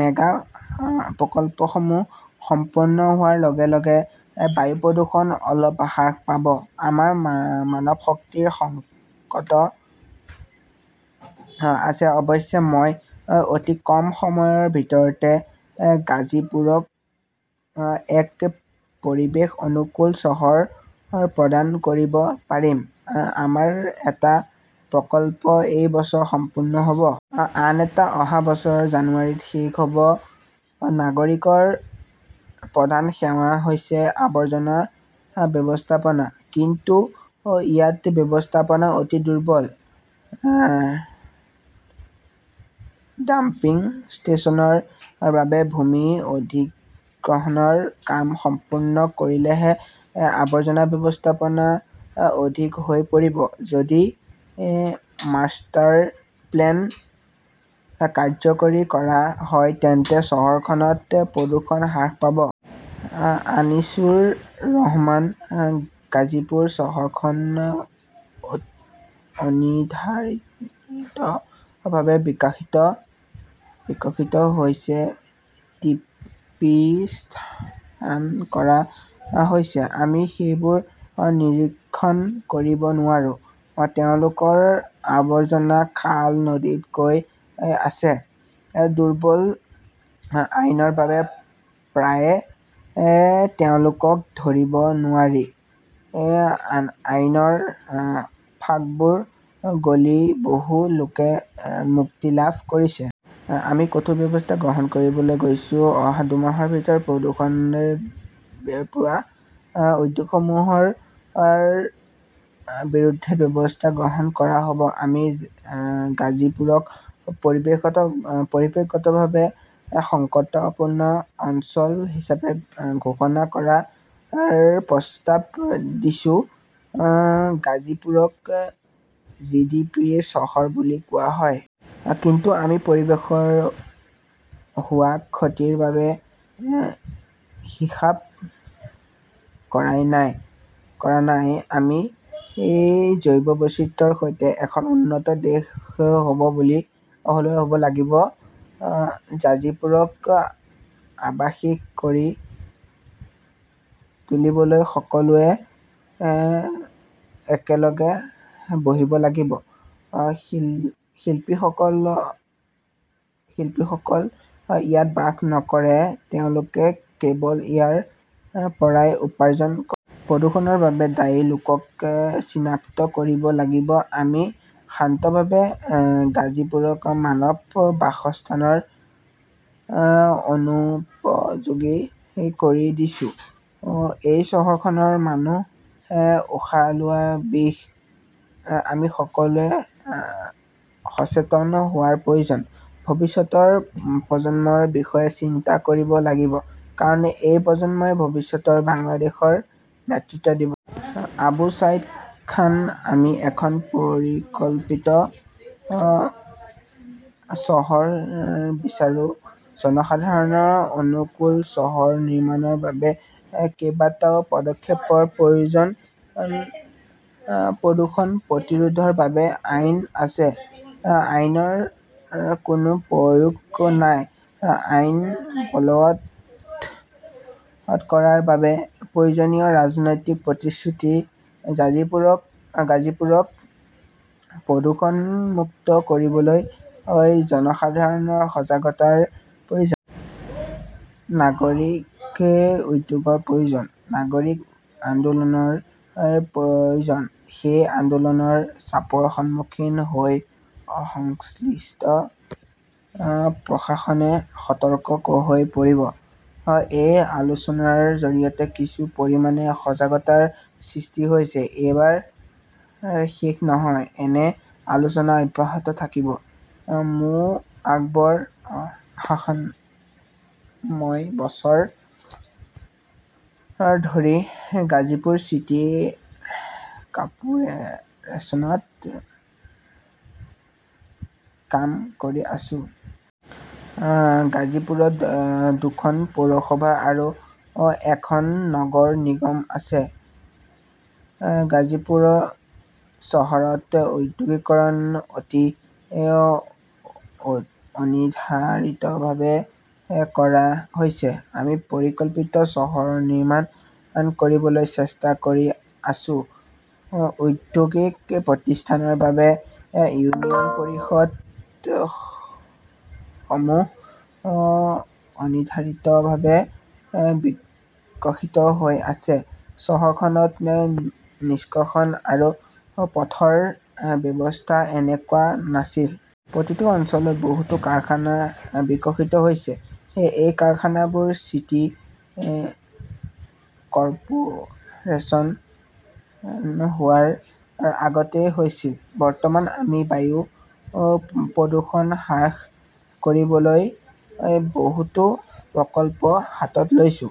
Mega প্ৰকল্পসমূহ সম্পূৰ্ণ হোৱাৰ লগে লগে বায়ু প্ৰদূষণ অলপ হ্ৰাস পাব। আমাৰ মানৱশক্তিৰ সংকট আছে। অৱশ্যে, মই অতি কম সময়ৰ ভিতৰতে গাজীপুৰক এক পৰিৱেশ অনুকূল চহৰ প্ৰদান কৰিব পাৰিম। আমাৰ এটা প্ৰকল্প এই বছৰ সম্পূৰ্ণ হ’ব। আন এটা অহা বছৰৰ জানুৱাৰীত শেষ হ’ব। নাগৰিকৰ প্ৰধান সেৱা হৈছে আৱৰ্জনা ব্যৱস্থাপনা। কিন্তু ইয়াত ব্যৱস্থাপনা অতি দুৰ্বল। ডাম্পিং ষ্টেচনৰ বাবে ভূমি অধিগ্ৰহণৰ কাম সম্পূৰ্ণ কৰিলেহে আৱৰ্জনা ব্যৱস্থাপনা অধিক হৈ পৰিব। যদি মাষ্টাৰপ্লেন কাৰ্যকৰী কৰা হয়, তেন্তে চহৰখনত প্ৰদূষণ হ্ৰাস পাব। আনিছুৰ ৰহমান গাজীপুৰ চহৰখন অনিৰ্ধাৰিতভাৱে বিকশিত হৈছে। টি পি স্থাপন কৰা হৈছে। আমি সেইবোৰ নিৰীক্ষণ কৰিব নোৱাৰোঁ। তেওঁলোকৰ আৱৰ্জনা খাল-নদীত গৈ আছে। দুৰ্বল আইনৰ বাবে প্ৰায়ে তেওঁলোকক ধৰিব নোৱাৰি। আইনৰ ফাঁকবোৰ গলি বহু লোকে মুক্তি লাভ কৰিছে। আমি কঠোৰ ব্যৱস্থা গ্ৰহণ কৰিবলৈ গৈছো। অহা দুমাহৰ ভিতৰত প্ৰদূষণ বিয়পোৱা উদ্যোগসমূহৰ বিৰুদ্ধে ব্যৱস্থা গ্ৰহণ কৰা হ’ব। আমি গাজীপুৰক পৰিৱেশগতভাৱে সংকটপূৰ্ণ অঞ্চল হিচাপে ঘোষণা কৰাৰ প্ৰস্তাৱ দিছো। গাজীপুৰক জি ডি পি চহৰ বুলি কোৱা হয়। কিন্তু আমি পৰিৱেশৰ হোৱা ক্ষতিৰ বাবে হিসাব কৰা নাই। আমি জৈৱ বৈচিত্ৰ্যৰ সৈতে এখন উন্নত দেশ হ 'ব লাগিব। গাজীপুৰক আৱাসিক কৰি তুলিবলৈ সকলোৱে একেলগে বহিব লাগিব। শিল্পীসকল ইয়াত বাস নকৰে। তেওঁলোকে কেৱল ইয়াৰ পৰাই উপাৰ্জন প্ৰদূষণৰ বাবে দায়ী লোকক চিনাক্ত কৰিব লাগিব। আমি শান্তভাৱে গাজীপুৰক মানৱ বাসস্থানৰ অনুপযোগী কৰি দিছো। এই চহৰখনৰ মানুহে উশাহ লোৱা বিষ। আমি সকলোৱে সচেতন হোৱাৰ প্ৰয়োজন। ভৱিষ্যতৰ প্ৰজন্মৰ বিষয়ে চিন্তা কৰিব লাগিব। কাৰণ এই প্ৰজন্মই ভৱিষ্যতৰ বাংলাদেশৰ নেতৃত্ব দিব। আবু ছাইদ খান আমি এখন পৰিকল্পিত চহৰ বিচাৰো। জনসাধাৰণৰ অনুকূল চহৰ নিৰ্মাণৰ বাবে কেইবাটাও পদক্ষেপৰ প্ৰয়োজন। প্ৰদূষণ প্ৰতিৰোধৰ বাবে আইন আছে। আইনৰ কোনো প্ৰয়োগ নাই। আইন বলৱৎ কৰাৰ বাবে প্ৰয়োজনীয় ৰাজনৈতিক প্ৰতিশ্ৰুতি। গাজীপুৰক প্ৰদূষণমুক্ত কৰিবলৈ জনসাধাৰণৰ সজাগতাৰ প্ৰয়োজন। নাগৰিক উদ্যোগৰ প্ৰয়োজন। নাগৰিক আন্দোলনৰ প্ৰয়োজন। সেই আন্দোলনৰ চাপৰ সন্মুখীন হৈ সংশ্লিষ্ট প্ৰশাসনে সতৰ্ক হৈ পৰিব। এই আলোচনাৰ জৰিয়তে কিছু পৰিমাণে সজাগতাৰ সৃষ্টি হৈছে। এইবাৰ শেষ নহয়। এনে আলোচনা অব্যাহত থাকিব। মো. আকবৰ হোসেন মই বছৰ ধৰি গাজীপুৰ চিটি কাৰ্পোৰেছনত কাম কৰি আছোঁ। গাজীপুৰত দুখন পৌৰসভা আৰু এখন নগৰ নিগম আছে। গাজীপুৰ চহৰত ঔদ্যোগিকৰণ অতি অনিৰ্ধাৰিতভাৱে কৰা হৈছে। আমি পৰিকল্পিত চহৰ নিৰ্মাণ কৰিবলৈ চেষ্টা কৰি আছো। ঔদ্যোগিক প্ৰতিষ্ঠানৰ বাবে ইউনিয়ন পৰিষদসমূহ অনিৰ্ধাৰিতভাৱে বিকশিত হৈ আছে। চহৰখনত নিষ্কাশন আৰু পথৰ ব্যৱস্থা তেনেকুৱা নাছিল। প্ৰতিটো অঞ্চলত বহুতো কাৰখানা বিকশিত হৈছে। এই কাৰখানাবোৰ চিটি কৰ্পোৰেচন হোৱাৰ আগতেই হৈছিল। বৰ্তমান আমি বায়ু প্ৰদূষণ হ্ৰাস কৰিবলৈ বহুতো প্ৰকল্প হাতত লৈছো।